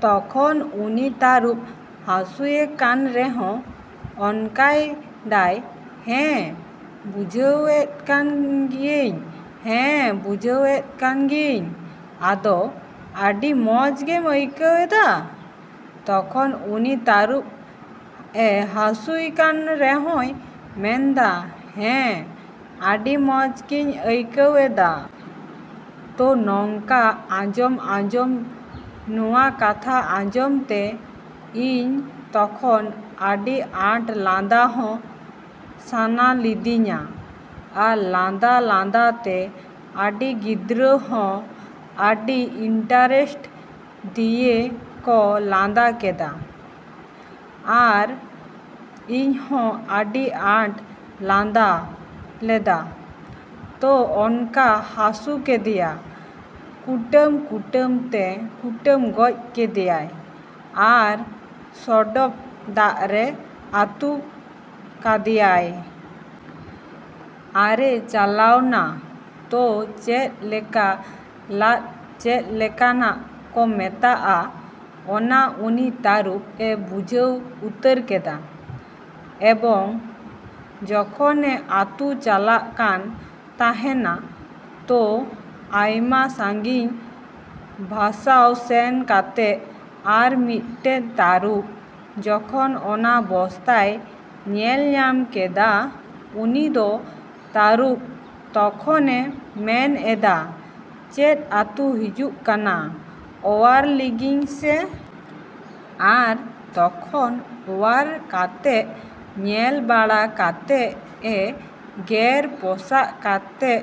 ᱛᱚᱠᱷᱚᱱ ᱩᱱᱤ ᱛᱟᱹᱨᱩᱵᱽ ᱦᱟᱹᱥᱩᱭᱮ ᱠᱟᱱ ᱨᱮᱦᱚᱸ ᱚᱱᱠᱟᱭ ᱫᱟᱭ ᱦᱮᱸ ᱵᱩᱡᱷᱟᱹᱣ ᱮᱜ ᱠᱟᱱ ᱜᱮᱭᱟᱹᱧ ᱦᱮᱸ ᱵᱩᱡᱷᱟᱹᱣ ᱮᱜ ᱠᱟᱱ ᱜᱮᱭᱟᱹᱧ ᱟᱫᱚ ᱟᱹᱰᱤ ᱢᱚᱸᱡ ᱮᱢ ᱟᱹᱭᱠᱟᱹᱣ ᱮᱫᱟ ᱛᱚᱠᱷᱚᱱ ᱩᱱᱤ ᱛᱟᱹᱨᱩᱵᱽ ᱮ ᱦᱟᱹᱥᱩᱭᱮ ᱠᱟᱱ ᱨᱮᱦᱚᱭ ᱢᱮᱱᱫᱟ ᱦᱮᱸ ᱟᱹᱰᱤ ᱢᱚᱸᱡ ᱤᱧ ᱟᱹᱭᱠᱟᱹᱣ ᱮᱫᱟ᱾ ᱛᱚ ᱱᱚᱝᱠᱟ ᱟᱸᱡᱚᱢ ᱟᱸᱡᱚᱢ ᱱᱚᱣᱟ ᱠᱟᱛᱷᱟ ᱟᱸᱡᱚᱢ ᱛᱮ ᱤᱧ ᱛᱚᱠᱷᱚᱱ ᱟᱹᱰᱤ ᱟᱸᱴ ᱞᱟᱸᱫᱟ ᱦᱚᱸ ᱥᱟᱱᱟ ᱞᱤᱫᱤᱧᱟ ᱟᱨ ᱞᱟᱸᱫᱟ ᱞᱟᱸᱫᱟ ᱛᱮ ᱟᱹᱰᱤ ᱜᱤᱫᱽᱨᱟᱹ ᱦᱚᱸ ᱟᱹᱰᱤ ᱤᱱᱴᱟᱨᱮᱥᱴ ᱫᱤᱭᱮ ᱠᱚ ᱞᱟᱸᱫᱟ ᱞᱮᱫᱟ᱾ ᱟᱨ ᱤᱧᱦᱚᱸ ᱟᱹᱰᱤ ᱟᱸᱴ ᱞᱟᱸᱫᱟ ᱞᱮᱫᱟ ᱛᱚ ᱚᱱᱠᱟ ᱦᱟᱹᱥᱩ ᱠᱮᱫᱮᱭᱟ ᱠᱩᱴᱟᱹᱢ ᱠᱩᱴᱟᱹᱢ ᱛᱮ ᱠᱩᱴᱟᱹᱢ ᱜᱚᱡ ᱠᱮᱫᱮᱭᱟᱭ ᱟᱨ ᱥᱚᱰᱚᱠ ᱫᱟᱜ ᱨᱮ ᱟᱹᱛᱩ ᱠᱟᱫᱮᱭᱟᱭ᱾ ᱟᱨᱮ ᱪᱟᱞᱟᱣᱱᱟ ᱛᱚ ᱪᱮᱫ ᱞᱮᱠᱟ ᱞᱟᱫᱽ ᱪᱮᱫ ᱞᱮᱠᱟᱱᱟᱜ ᱠᱚ ᱢᱮᱛᱟᱜᱼᱟ ᱚᱱᱟ ᱩᱱᱤ ᱛᱟᱹᱨᱩᱵᱽ ᱮ ᱵᱩᱡᱷᱟᱹᱣ ᱩᱛᱟᱹᱨ ᱠᱮᱫᱟ ᱮᱵᱚᱝ ᱡᱚᱠᱷᱚᱱᱮ ᱟᱹᱛᱩ ᱪᱟᱞᱟᱜ ᱠᱟᱱ ᱛᱟᱸᱦᱮᱜᱼᱟ ᱛᱚ ᱟᱭᱢᱟ ᱥᱟᱹᱜᱤᱧ ᱵᱷᱟᱥᱟᱣ ᱥᱮᱱ ᱠᱟᱛᱮᱜ ᱟᱨ ᱢᱤᱫᱴᱮᱡ ᱛᱟᱹᱨᱩᱵᱽ ᱡᱚᱠᱷᱚᱱ ᱚᱱᱟ ᱵᱚᱥᱛᱟᱭ ᱧᱮᱞ ᱧᱟᱢ ᱠᱮᱫᱟ ᱩᱱᱤ ᱫᱚ ᱛᱟᱹᱨᱩᱵᱽ ᱛᱚᱠᱷᱚᱱᱮ ᱢᱮᱱ ᱮᱫᱟ ᱪᱮᱫ ᱟᱹᱛᱩ ᱦᱤᱡᱩᱜ ᱠᱟᱱᱟ ᱚᱣᱟᱨ ᱞᱤᱜᱤᱧ ᱥᱮ᱾ ᱟᱨ ᱛᱚᱠᱷᱚᱱ ᱚᱣᱟᱨ ᱠᱟᱛᱮᱜ ᱧᱮᱞ ᱵᱟᱲᱟ ᱠᱟᱛᱮᱫ ᱮ ᱜᱮᱨ ᱯᱚᱥᱟᱜ ᱠᱟᱛᱮᱫ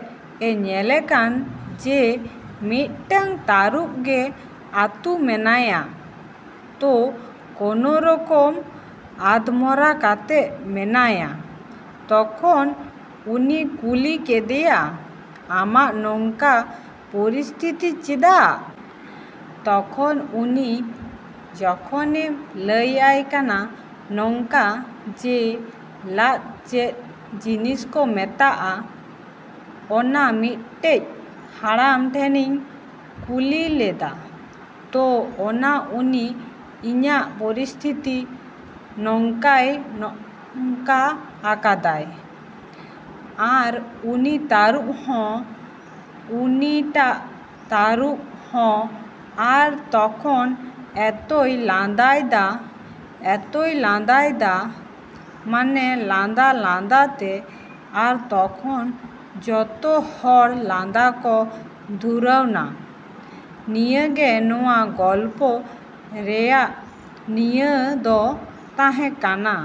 ᱮ ᱧᱮᱞᱮ ᱠᱟᱱ ᱡᱮ ᱢᱤᱫᱴᱟᱱ ᱛᱟᱹᱨᱩᱵᱽ ᱜᱮ ᱟᱹᱛᱩ ᱢᱮᱱᱟᱭᱟ᱾ ᱛᱚ ᱠᱚᱱᱚ ᱨᱚᱠᱚᱢ ᱟᱫᱽᱢᱚᱨᱟ ᱠᱟᱛᱮᱜ ᱢᱮᱱᱟᱭᱟ ᱛᱚᱠᱷᱚᱱ ᱩᱱᱤ ᱠᱩᱞᱤ ᱠᱮᱫᱮᱭᱟ ᱟᱢᱟᱜ ᱱᱚᱝᱠᱟ ᱯᱚᱨᱤᱥᱛᱷᱤᱛᱤ ᱪᱮᱫᱟᱜ? ᱛᱚᱠᱷᱚᱱ ᱩᱱᱤ ᱡᱚᱠᱷᱚᱱᱮ ᱞᱟᱹᱭ ᱟᱭ ᱠᱟᱱᱟ ᱱᱚᱝᱠᱟ ᱡᱮ ᱞᱟᱫᱽ ᱪᱮᱫ ᱡᱤᱱᱤᱥ ᱠᱚ ᱢᱮᱛᱟᱜᱼᱟ ᱚᱱᱟ ᱢᱤᱫᱴᱮᱡ ᱦᱟᱲᱟᱢ ᱴᱷᱮᱱᱤᱧ ᱠᱩᱞᱤ ᱞᱮᱫᱟ ᱛᱚ ᱚᱱᱟ ᱩᱱᱤ ᱤᱧᱟᱹᱜ ᱯᱚᱨᱤᱥᱛᱷᱤᱛᱤ ᱱᱚᱜᱼᱚᱭ ᱱᱚᱝᱠᱟ ᱟᱠᱟᱫᱟᱭ᱾ ᱟᱨ ᱩᱱᱤ ᱛᱟᱹᱨᱩᱵᱽ ᱦᱚᱸ ᱩᱱᱤᱴᱟᱜ ᱛᱟᱹᱨᱩᱵᱽ ᱦᱚᱸ ᱟᱨ ᱛᱚᱠᱷᱚᱱ ᱮᱛᱚᱭ ᱞᱟᱸᱫᱟᱭ ᱫᱟ, ᱮᱛᱚᱭ ᱞᱟᱸᱫᱟᱭ ᱫᱟ ᱢᱟᱱᱮ ᱞᱟᱸᱫᱟ ᱞᱟᱸᱫᱟᱛᱮ ᱟᱨ ᱛᱚᱠᱷᱚᱱ ᱡᱚᱛᱚ ᱦᱚᱲ ᱞᱟᱸᱫᱟ ᱠᱚ ᱫᱷᱩᱨᱟᱹᱣᱱᱟ᱾ ᱱᱤᱭᱟᱹᱜᱮ ᱱᱚᱣᱟ ᱜᱚᱞᱯᱷᱚ ᱨᱮᱭᱟᱜ ᱱᱤᱭᱟᱹ ᱫᱚ ᱛᱟᱸᱦᱮ ᱠᱟᱱᱟ।